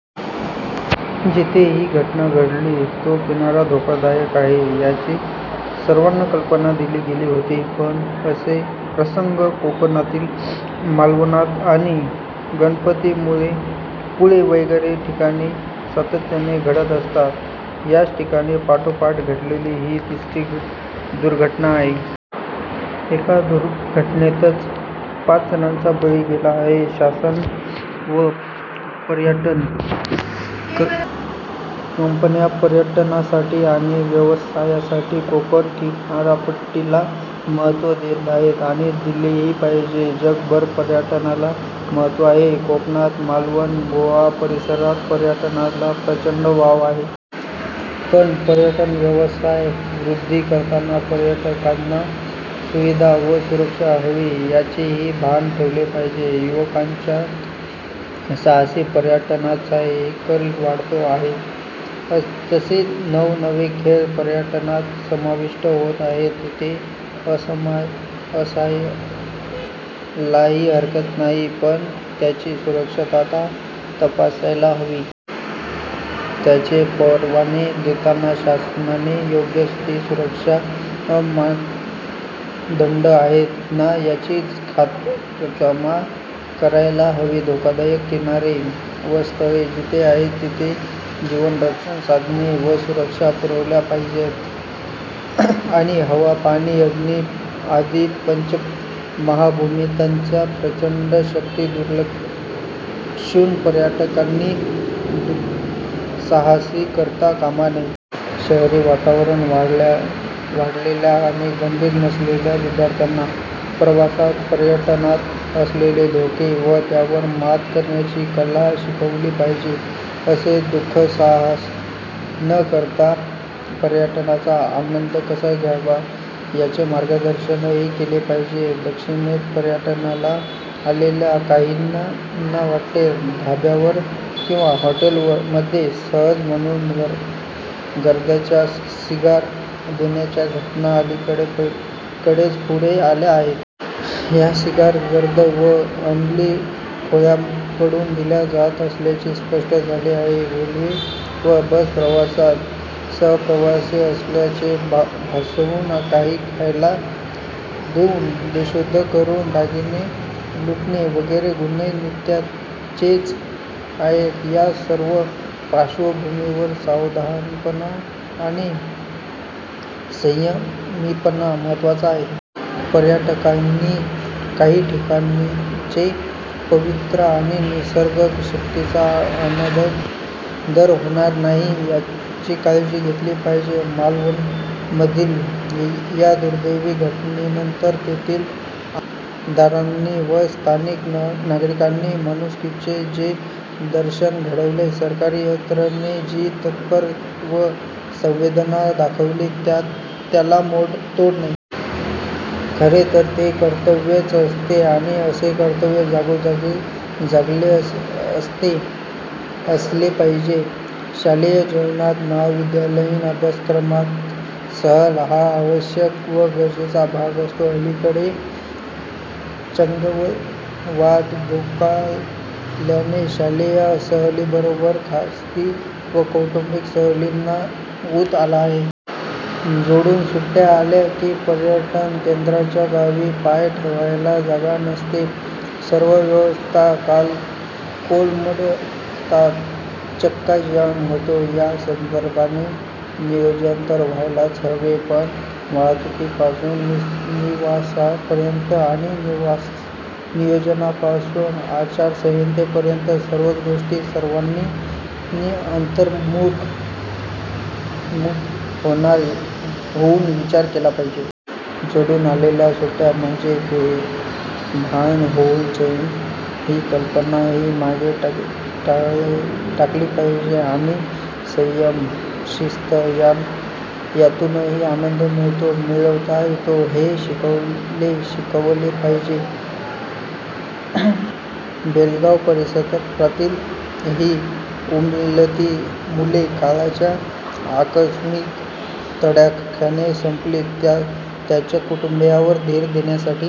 जिथे ही घटना घडली तो किनारा धोकादायक आहे यांची सर्वांना कल्पना दिली गेली होती. पण, असे प्रसंग कोकणातील मालवणात आणि गणपती पुळे वगैरे ठिकाणी सातत्याने घडत असतात. याच ठिकाणी पाठोपाठ घडलेली ही तिसरी दुर्घटना आहे. एका दुर्घटनेत पाच जणांचा बळी गेला आहे. शासन व पर्यटन कंपन्या पर्यटनासाठी आणि व्यवसायासाठी कोकण किनारपट्टीला महत्त्व देत आहेत आणि दिलेही पाहिजे. जगभर पर्यटनाला महत्त्व आहे. कोकणात, मालवण गोवा-परिसरात पर्यटनाला प्रचंड वाव आहे. पण, पर्यटन व्यवसाय वृद्धी करताना पर्यटकांना सुविधा व सुरक्षा हवी याचेही भान ठेवले पाहिजे. युवकांच्यात साहसी पर्यटनाचाही कल वाढतो आहे. तसे नव-नवे खेळ पर्यटनात समाविष्ट होत आहेत. ते असायलाही हरकत नाही. पण, त्याची सुरक्षितता तपासायला हवी. त्याचे परवाने देताना शासनाने योग्य ते सुरक्षा मापदंड आहेत ना याची खातरजमा करायला हवी. धोकादायक किनारे व स्थळे जिथे आहेत तिथे जीवनरक्षक साधने व सुविधा पुरवल्या पाहिजेत आणि हवा, पाणी, अग्नी आदी पंचमहाभूतांची प्रचंड शक्ती दुर्लक्षून पर्यटकांनी दु:साहसही करता कामा नये. शहरी वातावरणात वाढलेल्या आणि गंभीर नसलेल्या विद्यार्थ्यांना प्रवासात, पर्यटनात असलेले धोके व त्यावर मात करण्याची कला शिकवली पाहिजे. असे दु:साहस न करता पर्यटनाचा आनंद कसा घ्यावा याचे मार्गदर्शनही केले पाहिजे. दक्षिणेत पर्यटनाला आलेल्या काहींना वाटेत धाब्यावर किंवा हॉटेलमध्ये सहज म्हणून गर्दच्या सिगार देण्याच्या घटना अलीकडेच पुढे आल्या आहेत. या सिगार गर्द व अमली टोळय़ाकडून दिल्या जात असल्याचे स्पष्ट झाले आहे. रेल्वे व बस प्रवासात सहप्रवासी असल्याचे भासवून काही खायला देऊन बेशुद्ध करून दागिने लुटणे वगैरे गुन्हे नित्याचेच आहेत. या सर्व पार्श्वभूमीवर सावधपणा आणि संयमीपणा महत्त्वाचा आहे. पर्यटकांनी काही ठिकाणचे पावित्र्य आणि निसर्ग शक्तीचा अनादर होणार नाही याची काळजी घेतली पाहिजे. मालवणमधील या दुर्दैवी घटनेनंतर तेथील आमदारांनी व स्थानिक नागरिकांनी माणुसकीचे जे दर्शन घडवले, सरकारी यंत्रणेने जी तत्परता व संवेदना दाखवली त्याला तोड नाही. खरे तर ते कर्तव्यच असते आणि असे कर्तव्य जागोजागी जागते असले पाहिजे. शालेय जीवनात महाविद्यालयीन अभ्यासक्रमात सहल हा आवश्यक व गरजेचा भाग असतो. अलीकडे चंगळवाद बोकाळल्याने शालेय सहलीबरोबरच खासगी व कौटुंबिक सहलींना ऊत आला आहे. जोडून सुट्टय़ा आल्या की पर्यटन केंद्राच्या गावी पाय ठेवायला जागा नसते. सर्व व्यवस्था कोलमडतात. चक्काजाम होतो या संदर्भाने नियोजन तर व्हायलाच हवे. पण, वाहतुकीपासून निवासापर्यंत आणि नियोजनापासून आचारसंहितेपर्यंत सर्वच गोष्टीचा सर्वांनी अंतर्मुख होऊन विचार केला पाहिजे. जोडून आलेल्या सुट्टय़ा म्हणजे बेभान होऊन चैन ही कल्पनाही मागे टाकली पाहिजे आणि संयम, शिस्त यातूनही आनंद मिळतो, मिळवता येतो हे शिकले-शिकवले पाहिजे. बेळगाव परिसरातील ही उमलती मुले काळाच्या आकस्मिक तडाख्याने संपली. त्यांच्या कुटुंबीयांना धीर देण्यासाठी--